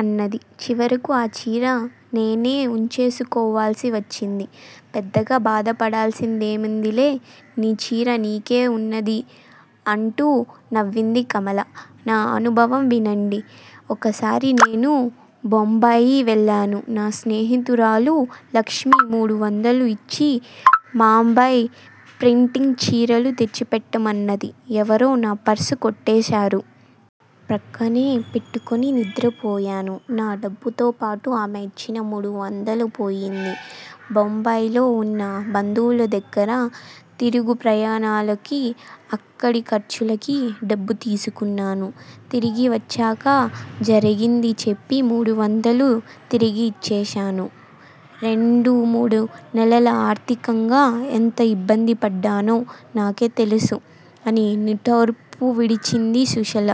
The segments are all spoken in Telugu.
అన్నది. చివరకు ఆ చీర నేనే ఉంచేసుకోవాల్సివచ్చింది. పెద్దగా బాధపడాల్సిందేముందిలే నీ చీర నీకే ఉన్నది అంటూ నవ్వింది కమల. నా అనుభవం వినండి. ఒకసారి నేను బొంబాయి వెళ్ళాను. నా స్నేహితురాలు లక్ష్మి మూడువందలు ఇచ్చి బాంబే ప్రింటింగు చీరెలు తెచ్చిపెట్టమన్నది. ఎవరో నా పర్సు కొట్టేశారు. ప్రక్కనే పెట్టుకొని నిద్రపోయాను. నా డబ్బుతో పాటు ఆమె ఇచ్చిన మూడువందలు పోయింది. బొంబాయిలో ఉన్న బంధువుల దగ్గర తిరుగు ప్రయాణాలకీ అక్కడి ఖర్చులకి డబ్బు తీసుకున్నాను. తిరిగి వచ్చాక జరిగింది చెప్పి మూడువందలు తిరిగి ఇచ్చేశాను. రెండు మూడు నెలలు ఆర్థికంగా ఎంత ఇబ్బంది పడ్డానో నాకే తెలుసు అని నిట్టూర్పు విడిచింది సుశల.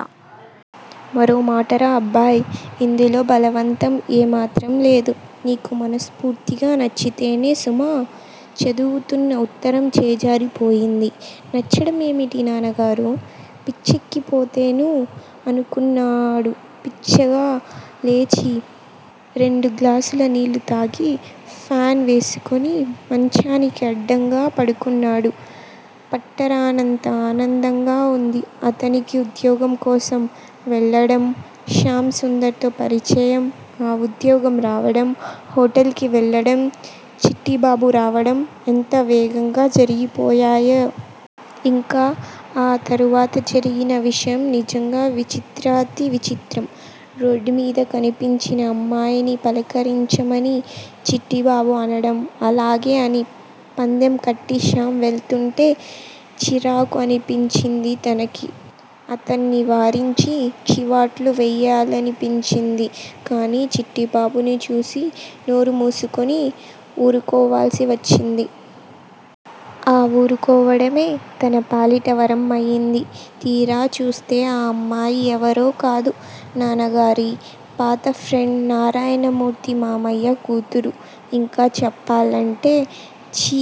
మరో మాటరా! అబ్బాయ్ ఇందులో బలవంతం ఏ మాత్రం లేదు. నీకు మనస్ఫూర్తిగా నచ్చితేనే సుమా! చదువుతున్న ఉత్తరం చేజారిపోయింది. నచ్చడం ఏమిటి నాన్నగారూ! పిచ్చెక్కిపోతెనూ! అనుకున్నాడు పిచ్చిగా. లేచి రెండు గ్లాసుల నీళ్ళు తాగి ఫాన్ వేసుకుని మంచానికి అడ్డంగా పడుకున్నాడు. పట్టరానంత ఆనందంగా ఉంది అతనికి ఉద్యోగం కోసం వెళ్ళడం శ్యామ్ సుందర్ తో పరిచయం ఆ ఉద్యోగం రావడం హొటల్ కి వెళ్ళడం చిట్టిబాబు రావడం ఎంత వేగంగా జరిగిపోయాయి? ఇక ఆ తరువాత జరిగిన విషయం నిజంగా విచిత్రాతి విచిత్రం. రోడ్ మీద కనిపించిన అమ్మాయిని పలకరించమని చిట్టిబాబు అనడం అలాగే అని పందెం కట్టి శ్యామ్ వెళ్తుంటే చిరాకు అనిపించింది తనకి. అతన్ని వారించి చివాట్లు వెయ్యాలనిపించింది. కానీ చిట్టిబాబుని చూసి నోరు మూసుకుని ఊరుకోవాల్సివచ్చింది. ఆ ఊరుకోవడమే తన పాలిట వరం అయింది. తీరా చూస్తే ఆ అమ్మాయి ఎవరో కాదు నాన్నగారి పాత ఫ్రెండ్ నారాయణమూర్తి మామయ్య కూతురు. ఇంకా చెప్పాలంటే! ఛీ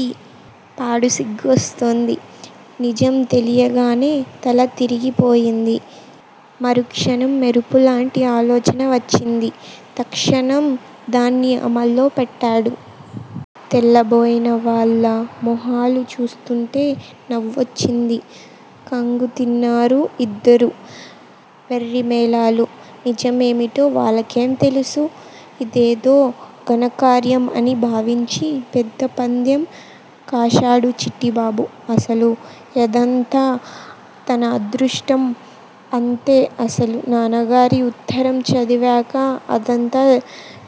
పాడు సిగ్గేస్తుంది. నిజం తెలియగానే తల తిరిగిపోయింది. మరుక్షణం మెరుపులాంటి ఆలోచన వచ్చింది. తక్షణం దాన్ని అమల్లో పెట్టాడు. తెల్లబోయిన వాళ్ళ మొహాలు చూస్తుంటే నవ్వొచ్చింది. ఖంగు తిన్నారు ఇద్దరూ. వెర్రిమేళాలు నిజం ఏమిటో వాళ్ళకేం తెలుసు? ఇదేదో ఘనకార్యం అని భావించి పెద్ద పందెం కాశాడు చిట్టిబాబు. అసలు యిదంతా తన అదృష్టం అంతే అసలు నాన్నగారి ఉత్తరం చదివాక అదంతా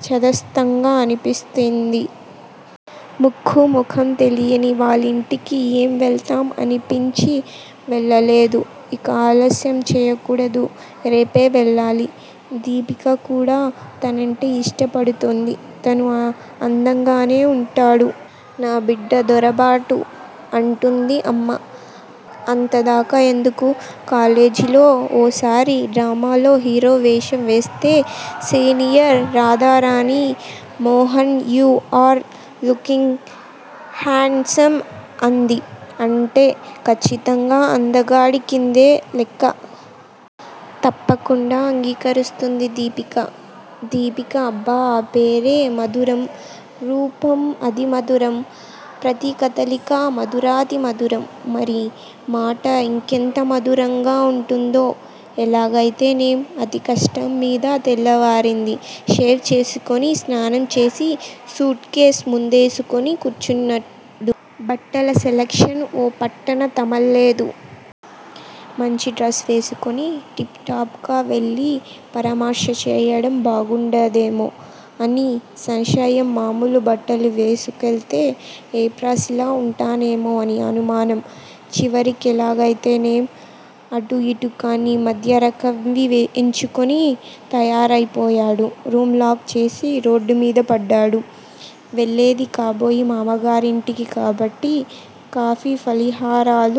చదస్తంగా అనిపించింది. ముక్కు మొఖం తెలియని వాళ్ళింటికి ఏం వెళ్తాం అనిపించి వెళ్ళలేదు. ఇక ఆలస్యం చెయ్యకూడదు. రేపే వెళ్ళాలి. దీపిక కూడా తనంటే ఇష్టపడుతుంది. తను అందంగానే ఉంటాడు. నా బిడ్డ దొరబాటు అంటుంది అమ్మ. అంతదాకా ఎందుకూ కాలేజీలో ఓ సారి డ్రామాలో హీరో వేషం వేస్తే senior Radharani Mohan you are looking handsome అంది అంటే ఖచ్చితంగా అందగాడి కిందే లెక్క. తప్పకుండా అంగీకరిస్తుంది దీపిక. దీపిక అబ్బ ఆ పేరే మధురం రూపం అతి మధురం ప్రతికదలికా మధురాతి మధురం. మరి మాట యింకెంత మధురంగా ఉంటుందో! ఎలాగైతేనేం అతికష్టంమీద తెల్లవారింది. షేవ్ చేసుకుని స్నానం చేసి సూట్ కేస్ ముందేసుకుని కూర్చున్నాడు. బట్టల సెలక్షన్ ఓ పట్టాన తమల్లేదు. మంచిడ్రస్ వేసుకుని టిప్ టాప్ గా వెళ్ళి పరామర్శ చెయ్యడం బాగుండదేమో అని సంశయం మామూలు బట్టలు వేసుకెళ్తే ఏబ్రాసిలా ఉంటానేమో అని అనుమానం. చివరికెలాగైతేనేం అటూ ఇటూ కానీ మధ్యరకంవి ఎంచుకుని తయారైపోయాడు. రూమ్ లాక్ చేసి రోడ్డుమీద పడ్డాడు. వెళ్ళేది కాబోయే మామగారింటికి కాబట్టి కాఫీ ఫలహారాల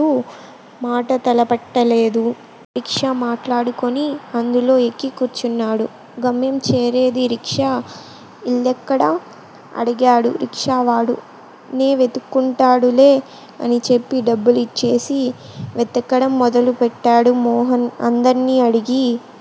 మాట తలపెట్టాలేదు. రిక్షా మాట్లాడుకుని అందులో ఎక్కి కూర్చున్నాడు. గమ్యం చేరేది రిక్షా. ఇల్లెక్కడ? అడిగాడు రిక్షావాడు నే వెతుక్కుంటాలే అని చెప్పి డబ్బులిచ్చేసి వెతకడం మొదలు పెట్టాడు మోహన్. అందర్నీ అడిగి